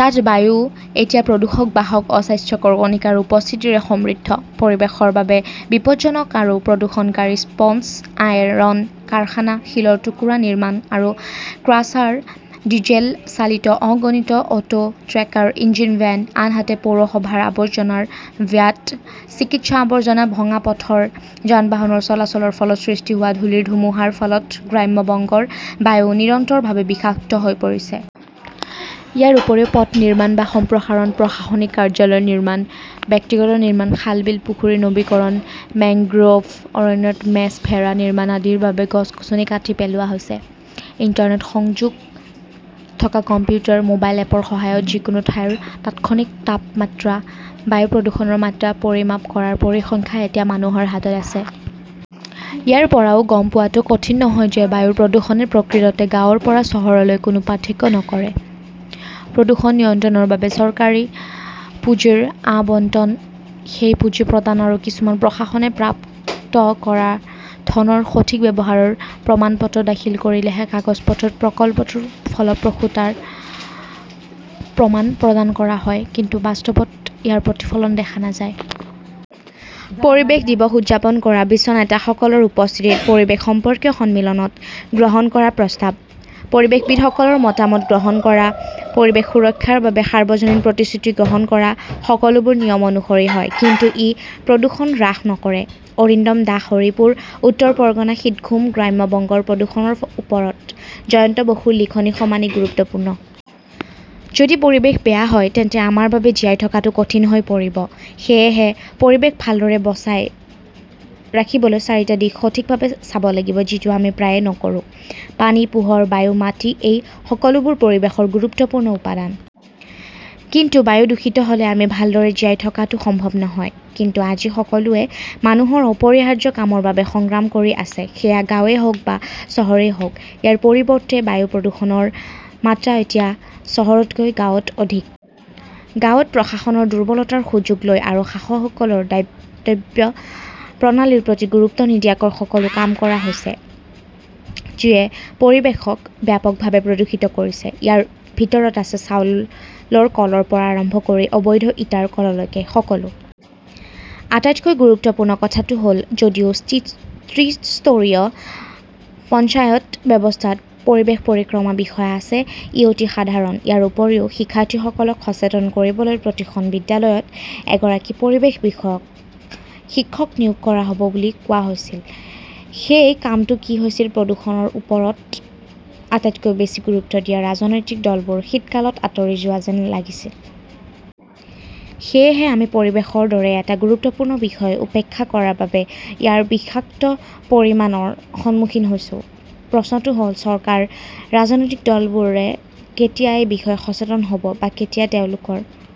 তাত বায়ু এতিয়া প্ৰদূষণ-বাহক অস্বাস্থ্যকৰ কণিকাৰ উপস্থিতিৰে সমৃদ্ধ। পৰিৱেশৰ বাবে বিপদজনক আৰু প্ৰদূষণকাৰী স্পঞ্জ আইৰণ কাৰখানা, শিলৰ টুকুৰা নিৰ্মাণ কৰা ক্ৰাছাৰ, ডিজেল চালিত অগণিত অটো-ট্ৰেকাৰ-ইঞ্জিন ভেন, আনহাতে পৌৰসভাৰ আৱৰ্জনাৰ ভ্যাট, চিকিৎসা আৱৰ্জনা, ভঙা পথৰ যান-বাহনৰ চলাচলৰ ফলত সৃষ্টি হোৱা ধূলিৰ ধুমুহাৰ ফলত গ্ৰাম্য বংগৰ বায়ু নিৰন্তৰভাৱে বিষাক্ত হৈ পৰিছে। ইয়াৰ উপৰিও পথ নিৰ্মাণ বা সম্প্ৰসাৰণ, প্ৰশাসনিক কাৰ্যালয় নিৰ্মাণ, ব্যক্তিগত নিৰ্মাণ, খাল-বিল-পুখুৰীৰ নৱীকৰণ, মেংগ্ৰোভ অৰণ্যত মেছ ভেড়া নিৰ্মাণ আদিৰ বাবে গছ-গছনি কাটি পেলোৱা হৈছে। ইণ্টাৰনেট সংযোগ থকা কম্পিউটাৰ, মোবাইল এপৰ সহায়ত যিকোনো ঠাইৰ তাৎক্ষণিক তাপমাত্ৰা, বায়ু প্ৰদূষণৰ মাত্ৰা পৰিমাপ কৰাৰ পৰিসংখ্যা এতিয়া মানুহৰ হাতত আছে। ইয়াৰ পৰাও গম পোৱাটো কঠিন নহয় যে বায়ু প্ৰদূষণে প্ৰকৃততে গাঁৱৰ পৰা চহৰলৈ কোনো পাৰ্থক্য নকৰে। প্ৰদূষণ নিয়ন্ত্ৰণৰ বাবে চৰকাৰী পুঁজিৰ আবণ্টন, সেই পুঁজি প্ৰদান আৰু কিছুমান প্ৰশাসনে প্ৰাপ্ত কৰা ধনৰ সঠিক ব্যৱহাৰৰ প্ৰমাণপত্ৰ দাখিল কৰিলেহে কাগজ-পত্ৰত প্ৰকল্পটোৰ ফলপ্ৰসূতাৰ প্ৰমাণ প্ৰদান কৰা হয়, কিন্তু বাস্তৱত ইয়াৰ প্ৰতিফলন দেখা নাযায়। পৰিৱেশ দিৱস উদযাপন কৰা, বিশ্ব নেতাসকলৰ উপস্থিতিত পৰিৱেশ সম্পৰ্কীয় সন্মিলনত গ্ৰহণ কৰা প্ৰস্তাৱ, পৰিৱেশবিদসকলৰ মতামত গ্ৰহণ কৰা, পৰিৱেশ সুৰক্ষাৰ বাবে সাৰ্বজনীন প্ৰতিশ্ৰুতি গ্ৰহণ কৰা-সকলোবোৰ নিয়ম অনুসৰি হয়, কিন্তু ই প্ৰদূষণ হ্ৰাস নকৰে। অৰিন্দম দাস হৰিপুৰ, উত্তৰ পৰগনা শীতঘুম গ্ৰাম্য বংগৰ প্ৰদূষণৰ ওপৰত জয়ন্ত বসুৰ লিখনি সমানেই গুৰুত্বপূৰ্ণ। যদি পৰিৱেশ বেয়া হয় তেন্তে আমাৰ বাবে জীয়াই থকাটো কঠিন হৈ পৰিব। সেয়েহে, পৰিৱেশ ভালদৰে বজাই ৰাখিবলৈ চাৰিটা দিশ সঠিকভাৱে চাব লাগিব, যিটো আমি প্ৰায়ে নকৰো। পানী, পোহৰ, বায়ু, মাটি-এই সকলোবোৰ পৰিৱেশৰ গুৰুত্বপূৰ্ণ উপাদান। কিন্তু বায়ু দূষিত হ’লে আমি ভালদৰে জীয়াই থকাটো সম্ভৱ নহয়। কিন্তু আজি সকলোৱে মানুহৰ অপৰিহাৰ্য কামৰ বাবে সংগ্ৰাম কৰি আছে, সেয়া গাঁৱেই হওক বা চহৰেই হওক। ইয়াৰ পৰিৱৰ্তে, বায়ু প্ৰদূষণৰ মাত্ৰা এতিয়া চহৰতকৈ গাঁৱত অধিক। গাঁৱত প্ৰশাসনৰ দুৰ্বলতাৰ সুযোগ লৈ আৰু শাসক দলৰ দাতব্য প্ৰণালীৰ প্ৰতি গুৰুত্ব নিদিয়াকৈ সকলো কাম কৰা হৈছে, যিয়ে পৰিৱেশক ব্যাপকভাৱে প্ৰদূষিত কৰিছে। ইয়াৰ ভিতৰত আছে চাউলৰ কলৰ পৰা আৰম্ভ কৰি অবৈধ ইটাৰ কললৈকে সকলো। আটাইতকৈ গুৰুত্বপূৰ্ণ কথাটো হ’ল, যদিও ত্ৰিস্তৰীয় পঞ্চায়ত ব্যৱস্থাত পৰিৱেশ পৰিক্ৰমা বিষয়া আছে, ই অতি সাধাৰণ। ইয়াৰ উপৰিও, শিক্ষাৰ্থীসকলক সচেতন কৰিবলৈ প্ৰতিখন বিদ্যালয়ত এগৰাকী পৰিৱেশ বিষয়ক শিক্ষক নিয়োগ কৰা হ’ব বুলি কোৱা হৈছিল। সেই কামটো কি হৈছিল প্ৰদূষণৰ ওপৰত আটাইতকৈ বেছি গুৰুত্ব দিয়া ৰাজনৈতিক দলবোৰ শীতকালত আঁতৰি যোৱা যেন লাগিছিল। সেয়েহে আমি পৰিৱেশৰ দৰে এটা গুৰুত্বপূৰ্ণ বিষয় উপেক্ষা কৰাৰ বাবে ইয়াৰ বিষাক্ত পৰিণামৰ সন্মুখীন হৈছো। প্ৰশ্নটো হ’ল, চৰকাৰ, ৰাজনৈতিক দলবোৰে কেতিয়া এই বিষয়ে সচেতন হ’ব, বা কেতিয়া তেওঁলোকৰ